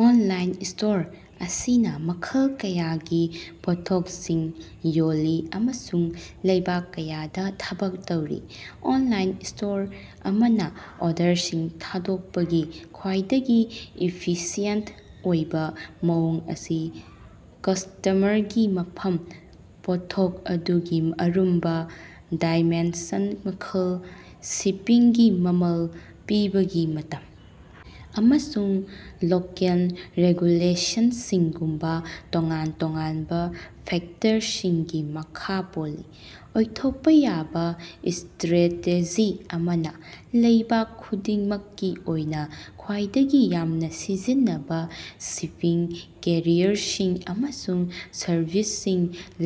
Online store ꯑꯁꯤꯅ ꯃꯈꯜ ꯀꯌꯥꯒꯤ ꯄꯣꯠꯊꯣꯛꯁꯤꯡ ꯌꯣꯜꯂꯤ ꯑꯃꯁꯨꯡ ꯂꯩꯕꯥꯛ ꯀꯌꯥꯗ ꯊꯕꯛ ꯇꯧꯔꯤ꯫ ꯑꯣꯟꯂꯥꯏꯟ ꯁ꯭ꯇꯣꯔ ꯑꯃꯅ ꯑꯣꯔꯗꯔꯁꯤꯡ ꯊꯥꯗꯣꯛꯄꯒꯤ ꯈ꯭ꯋꯥꯏꯗꯒꯤ ꯏꯐꯤꯁꯤꯑꯦꯟꯇ ꯑꯣꯏꯕ ꯃꯑꯣꯡ ꯑꯁꯤ ꯀꯁ꯭ꯇꯃꯔꯒꯤ ꯃꯐꯝ, ꯄꯣꯠꯊꯣꯛ ꯑꯗꯨꯒꯤ ꯑꯔꯨꯝꯕ, ꯗꯥꯏꯃꯦꯟꯁꯟ, ꯃꯈꯜ, ꯁꯤꯄꯤꯡꯒꯤ ꯃꯃꯜ, ꯄꯤꯕꯒꯤ ꯃꯇꯝ ꯑꯃꯁꯨꯡ ꯂꯣꯀꯦꯜ ꯔꯦꯒꯨꯂꯦꯁꯟꯁꯤꯡꯒꯨꯝꯕ ꯇꯣꯉꯥꯟ-ꯇꯣꯉꯥꯟꯕ ꯐꯦꯛꯇꯔꯁꯤꯡꯒꯤ ꯃꯈꯥ ꯄꯣꯜꯂꯤ꯫ ꯑꯣꯏꯊꯣꯛꯄ ꯌꯥꯕ ꯁ꯭ꯇꯔꯦꯇꯦꯖꯤ ꯑꯃꯅ ꯂꯩꯕꯥꯛ ꯈꯨꯗꯤꯡꯃꯛꯀꯤ ꯑꯣꯏꯅ ꯈ꯭ꯋꯥꯏꯗꯒꯤ ꯌꯥꯝꯅ ꯁꯤꯖꯤꯟꯅꯕ ꯁꯤꯄꯤꯡ ꯀꯦꯔꯤꯌꯔꯁꯤꯡ ꯑꯃꯁꯨꯡ ꯁꯔꯚꯤꯁꯁꯤꯡ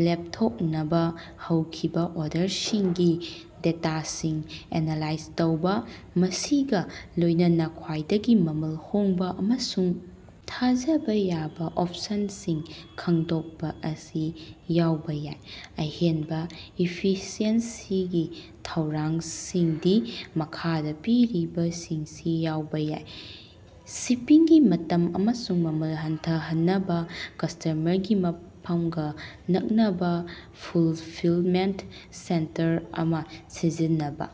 ꯂꯦꯞꯊꯣꯛꯅꯕ, ꯍꯧꯈꯤꯕ ꯑꯣꯔꯗꯔꯁꯤꯡꯒꯤ ꯗꯦꯇꯥꯁꯤꯡ ꯑꯦꯅꯂꯥꯏꯖ ꯇꯧꯕ, ꯃꯁꯤꯒ ꯂꯣꯏꯅꯅ ꯈ꯭ꯋꯥꯏꯗꯒꯤ ꯃꯃꯜ ꯍꯣꯡꯕ ꯑꯃꯁꯨꯡ ꯊꯥꯖꯕ ꯌꯥꯕ ꯑꯣꯞꯁꯟꯁꯤꯡ ꯈꯪꯗꯣꯛꯄ ꯑꯁꯤ ꯌꯥꯎꯕ ꯌꯥꯏ꯫ ꯑꯍꯦꯟꯕ ꯏꯐꯤꯁꯤꯑꯦꯟꯁꯤꯒꯤ ꯊꯧꯔꯥꯡꯁꯤꯡꯗꯤ ꯃꯈꯥꯗ ꯄꯤꯔꯤꯕꯁꯤꯡꯁꯤ ꯌꯥꯎꯕ ꯌꯥꯏ: ꯁꯤꯄꯤꯡꯒꯤ ꯃꯇꯝ ꯑꯃꯁꯨꯡ ꯃꯃꯜ ꯍꯟꯊꯍꯟꯅꯕ ꯀꯁ꯭ꯇꯃꯔꯒꯤ ꯃꯐꯝꯒ ꯅꯛꯅꯕ ꯐꯨꯜꯐꯤꯜꯃꯦꯟꯇ ꯁꯦꯟꯇꯔ ꯑꯃ ꯁꯤꯖꯤꯟꯅꯕ,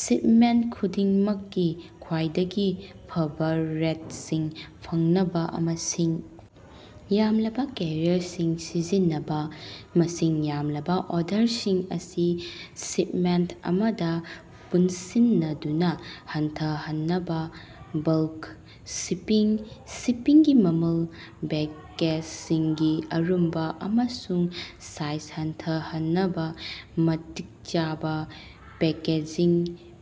ꯁꯤꯞꯃꯦꯟꯇ ꯈꯨꯗꯤꯡꯃꯛꯀꯤ ꯈ꯭ꯋꯥꯏꯗꯒꯤ ꯐꯕ ꯔꯦꯠꯁꯤꯡ ꯐꯪꯅꯕ ꯃꯁꯤꯡ ꯌꯥꯝꯂꯕ ꯀꯦꯔꯤꯌꯔꯁꯤꯡ ꯁꯤꯖꯤꯟꯅꯕ, ꯃꯁꯤꯡ ꯌꯥꯝꯂꯕ ꯑꯣꯔꯗꯔꯁꯤꯡ ꯑꯁꯤ ꯁꯤꯞꯃꯦꯟꯇ ꯑꯃꯗ ꯄꯨꯟꯁꯤꯟꯅꯗꯨꯅ ꯍꯟꯊꯍꯟꯅꯕ ꯕꯜꯀ ꯁꯤꯄꯤꯡ, ꯁꯤꯄꯤꯡꯒꯤ ꯃꯃꯜ, ꯄꯦꯀꯦꯖꯁꯤꯡꯒꯤ ꯑꯔꯨꯝꯕ ꯑꯃꯁꯨꯡ ꯁꯥꯏꯖ ꯍꯟꯊꯍꯟꯅꯕ ꯃꯇꯤꯛ ꯆꯥꯕ ꯄꯦꯀꯦꯖꯤꯡ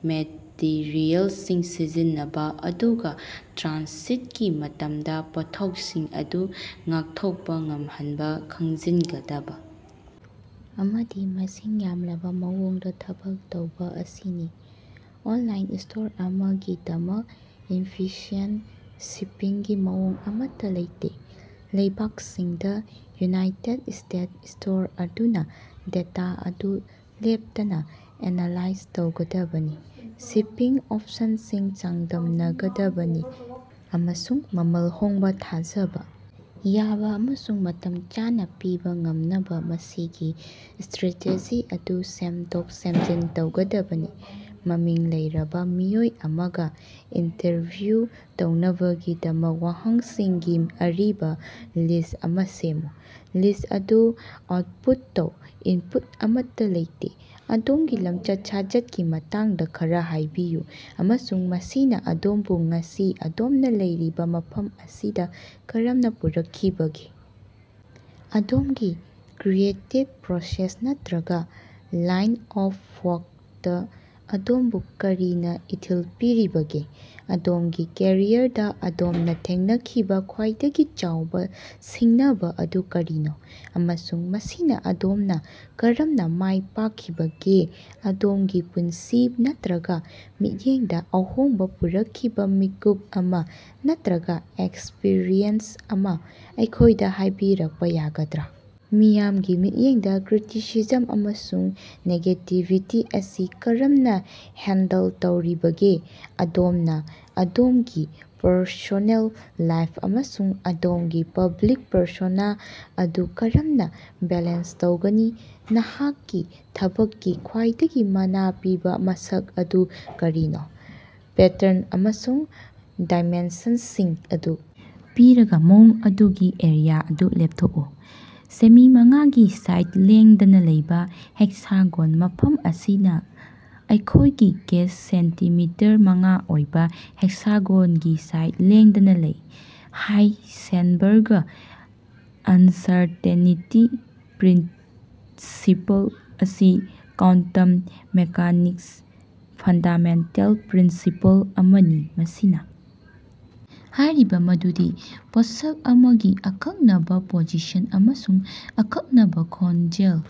ꯃꯦꯇꯤꯔꯤꯌꯦꯜꯁꯤꯡ ꯁꯤꯖꯤꯟꯅꯕ ꯑꯗꯨꯒ ꯇ꯭ꯔꯥꯟꯁꯤꯠꯀꯤ ꯃꯇꯝꯗ ꯄꯣꯠꯊꯣꯛꯁꯤꯡ ꯑꯗꯨ ꯉꯥꯛꯊꯣꯛꯄ ꯉꯝꯍꯟꯕ ꯈꯪꯖꯤꯟꯒꯗꯕ ꯑꯃꯗꯤ ꯃꯁꯤꯡ ꯌꯥꯝꯂꯕ ꯃꯑꯣꯡꯗ ꯊꯕꯛ ꯇꯧꯕ ꯑꯁꯤꯅꯤ꯫ ꯑꯣꯟꯂꯥꯏꯟ ꯁ꯭ꯇꯣꯔ ꯑꯃꯒꯤꯗꯃꯛ ꯏꯐꯤꯁꯤꯑꯦꯟꯇ ꯁꯤꯄꯤꯡꯒꯤ ꯃꯑꯣꯡ ꯑꯃꯠꯇ ꯂꯩꯇꯦ꯫ ꯂꯩꯕꯥꯛꯁꯤꯡꯗ ꯌꯨꯅꯥꯏꯇꯦꯗ ꯁꯇꯦꯠꯁ ꯁ꯭ꯇꯣꯔ ꯑꯗꯨꯅ ꯗꯦꯇꯥ ꯑꯗꯨ ꯂꯦꯞꯇꯅ ꯑꯦꯅꯂꯥꯏꯖ ꯇꯧꯒꯗꯕꯅꯤ꯫ ꯁꯤꯄꯤꯡ ꯑꯣꯞꯁꯟꯁꯤꯡ ꯆꯥꯡꯗꯝꯅ ꯒꯗꯕꯅꯤ ꯑꯃꯁꯨꯡ ꯃꯃꯜ ꯍꯣꯡꯕ, ꯊꯥꯖꯕ ꯌꯥꯕ ꯑꯃꯁꯨꯡ ꯃꯇꯝ ꯆꯥꯅ ꯄꯤꯕ ꯉꯝꯅꯕ ꯃꯁꯤꯒꯤ ꯁ꯭ꯇꯔꯦꯇꯦꯖꯤ ꯑꯗꯨ ꯁꯦꯝꯗꯣꯛ-ꯁꯦꯝꯖꯤꯟ ꯇꯧꯒꯗꯕꯅꯤ꯫ ꯃꯃꯤꯡ ꯂꯩꯔꯕ ꯃꯤꯑꯣꯏ ꯑꯃꯒ ꯏꯟꯇꯔꯚ꯭ꯌꯨ ꯇꯧꯅꯕꯒꯤꯗꯃꯛ ꯋꯥꯍꯪꯁꯤꯡꯒꯤ ꯑꯔꯤꯕ ꯂꯤꯁꯠ ꯑꯃ ꯁꯦꯝꯃꯨ꯫ ꯂꯤꯁꯠ ꯑꯗꯨ ꯑꯥꯎꯠꯄꯨꯠ ꯇꯧ꯫ ꯏꯟꯄꯨꯠ ꯑꯃꯠꯇ ꯂꯩꯇꯦ꯫ ꯑꯗꯣꯝꯒꯤ ꯂꯝꯆꯠ-ꯁꯥꯖꯠꯀꯤ ꯃꯇꯥꯡꯗ ꯈꯔꯥ ꯍꯥꯏꯕꯤꯌꯨ ꯑꯃꯁꯨꯡ ꯃꯁꯤꯅ ꯑꯗꯣꯝꯕꯨ ꯉꯁꯤ ꯑꯗꯣꯝꯅ ꯂꯩꯔꯤꯕ ꯃꯐꯝ ꯑꯁꯤꯗ ꯀꯔꯝꯅ ꯄꯨꯔꯛꯈꯤꯕꯒꯦ? ꯑꯗꯣꯝꯒꯤ ꯀ꯭ꯔꯤꯌꯦꯇꯤꯚ ꯄ꯭ꯔꯣꯁꯦꯁ ꯅꯠꯇ꯭ꯔꯒ ꯂꯥꯏꯟ ꯑꯣꯐ ꯋꯥꯔꯛꯇ ꯑꯗꯣꯝꯕꯨ ꯀꯔꯤꯅ ꯏꯊꯤꯜ ꯄꯤꯔꯤꯕꯒꯦ? ꯑꯗꯣꯝꯒꯤ ꯀꯦꯔꯤꯌꯔꯗ ꯑꯗꯣꯝꯅ ꯊꯦꯡꯅꯈꯤꯕ ꯈ꯭ꯋꯥꯏꯗꯒꯤ ꯆꯥꯎꯕ ꯁꯤꯡꯅꯕ ꯑꯗꯨ ꯀꯔꯤꯅꯣ ꯑꯃꯁꯨꯡ ꯃꯁꯤ ꯑꯗꯣꯝꯅ ꯀꯔꯝꯅ ꯃꯥꯏ ꯄꯥꯛꯈꯤꯕꯒꯦ? ꯑꯗꯣꯝꯒꯤ ꯄꯨꯟꯁꯤ ꯅꯠꯇ꯭ꯔꯒ ꯃꯤꯠꯌꯦꯡꯗ ꯑꯍꯣꯡꯕ ꯄꯨꯔꯛꯈꯤꯕ ꯃꯤꯀꯨꯞ ꯑꯃ ꯅꯠꯇ꯭ꯔꯒ ꯑꯦꯛꯁꯄꯤꯔꯤꯌꯦꯟꯁ ꯑꯃ ꯑꯩꯈꯣꯏꯗ ꯍꯥꯏꯕꯤꯔꯛꯄ ꯌꯥꯒꯗ꯭ꯔꯥ? ꯃꯤꯌꯥꯝꯒꯤ ꯃꯤꯠꯌꯦꯡꯗ ꯀ꯭ꯔꯤꯇꯤꯁꯤꯖꯝ ꯑꯃꯁꯨꯡ ꯅꯦꯒꯦꯇꯤꯚꯤꯇꯤ ꯑꯁꯤ ꯀꯔꯝꯅ ꯍꯦꯟꯗꯜ ꯇꯧꯔꯤꯕꯒꯦ? ꯑꯗꯣꯝꯅ ꯑꯗꯣꯝꯒꯤ ꯄꯔꯁꯣꯅꯦꯜ ꯂꯥꯏꯐ ꯑꯃꯁꯨꯡ ꯑꯗꯣꯝꯒꯤ ꯄꯕ꯭ꯂꯤꯛ ꯄꯔꯁꯣꯅꯥ ꯑꯗꯨ ꯀꯔꯝꯅ ꯕꯦꯂꯦꯟꯁ ꯇꯧꯒꯅꯤ? ꯅꯍꯥꯛꯀꯤ ꯊꯕꯛꯀꯤ ꯈ꯭ꯋꯥꯏꯗꯒꯤ ꯃꯅꯥ ꯄꯤꯕ ꯃꯁꯛ ꯑꯗꯨ ꯀꯔꯤꯅꯣ? ꯄꯦꯇꯔꯟ ꯑꯃꯁꯨꯡ ꯗꯥꯏꯃꯦꯟꯁꯟꯁꯤꯡ ꯑꯗꯨ ꯄꯤꯔꯒ ꯃꯑꯣꯡ ꯑꯗꯨꯒꯤ ꯑꯦꯔꯤꯌꯥ ꯑꯗꯨ ꯂꯦꯞꯊꯣꯛꯎ꯫ ꯁꯦꯃꯤ ꯃꯉꯥꯒꯤ ꯁꯥꯏꯗ ꯂꯦꯡꯗꯅ ꯂꯩꯕ ꯍꯦꯛꯁꯥꯒꯣꯟ, ꯃꯐꯝ ꯑꯁꯤꯗ ꯑꯩꯈꯣꯏꯒꯤ ꯀꯦꯁꯇ ꯁꯦꯟꯇꯤꯃꯤꯇꯔ ꯃꯉꯥ ꯑꯣꯏꯕ ꯍꯦꯛꯁꯥꯒꯣꯟꯒꯤ ꯁꯥꯏꯗ ꯂꯦꯡꯗꯅ ꯂꯩ꯫ ꯍꯥꯏꯁꯦꯟꯕꯔꯒ ꯑꯟꯁꯔꯇꯦꯅꯤꯇꯤ ꯄ꯭ꯔꯤꯟꯁꯤꯄꯜ ꯑꯁꯤ ꯀ꯭ꯋꯥꯟꯇꯝ ꯃꯦꯀꯥꯅꯤꯛꯁꯇ ꯐꯟꯗꯥꯃꯦꯟꯇꯜ ꯄ꯭ꯔꯤꯟꯁꯤꯄꯜ ꯑꯃꯅꯤ꯫ ꯃꯁꯤꯅ ꯍꯥꯏꯔꯤ ꯃꯗꯨꯗꯤ ꯄꯣꯠꯁꯛ ꯑꯃꯒꯤ ꯑꯀꯛꯅꯕ ꯄꯣꯖꯤꯁꯟ ꯑꯃꯁꯨꯡ ꯑꯀꯛꯅꯕ ꯈꯣꯡꯖꯦꯜ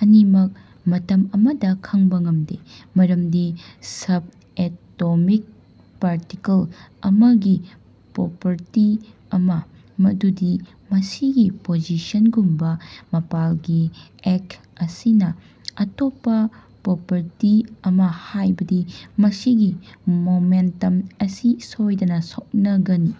ꯑꯅꯤꯃꯛ ꯃꯇꯝ ꯑꯃꯗ ꯈꯪꯕ ꯉꯝꯗꯦ꯫ ꯃꯔꯝꯗꯤ ꯁꯕꯑꯦꯇꯣꯃꯤꯛ ꯄꯥꯔꯇꯤꯀꯜ ꯑꯃꯒꯤ ꯄ꯭ꯔꯣꯄꯔꯇꯤ ꯑꯃꯥ, ꯃꯗꯨꯗꯤ ꯃꯁꯤꯒꯤ ꯄꯣꯖꯤꯁꯟꯒꯨꯝꯕ, ꯃꯥꯄꯜꯒꯤ ꯑꯦꯛꯇ ꯑꯁꯤꯅ ꯑꯇꯣꯞꯄ ꯄ꯭ꯔꯣꯄꯔꯇꯤ ꯑꯃ, ꯍꯥꯏꯕꯗꯤ ꯃꯁꯤꯒꯤ ꯃꯣꯃꯦꯟꯇꯝ ꯑꯁꯤ ꯁꯣꯏꯗꯅ ꯁꯣꯛꯅ ꯒꯅꯤ꯫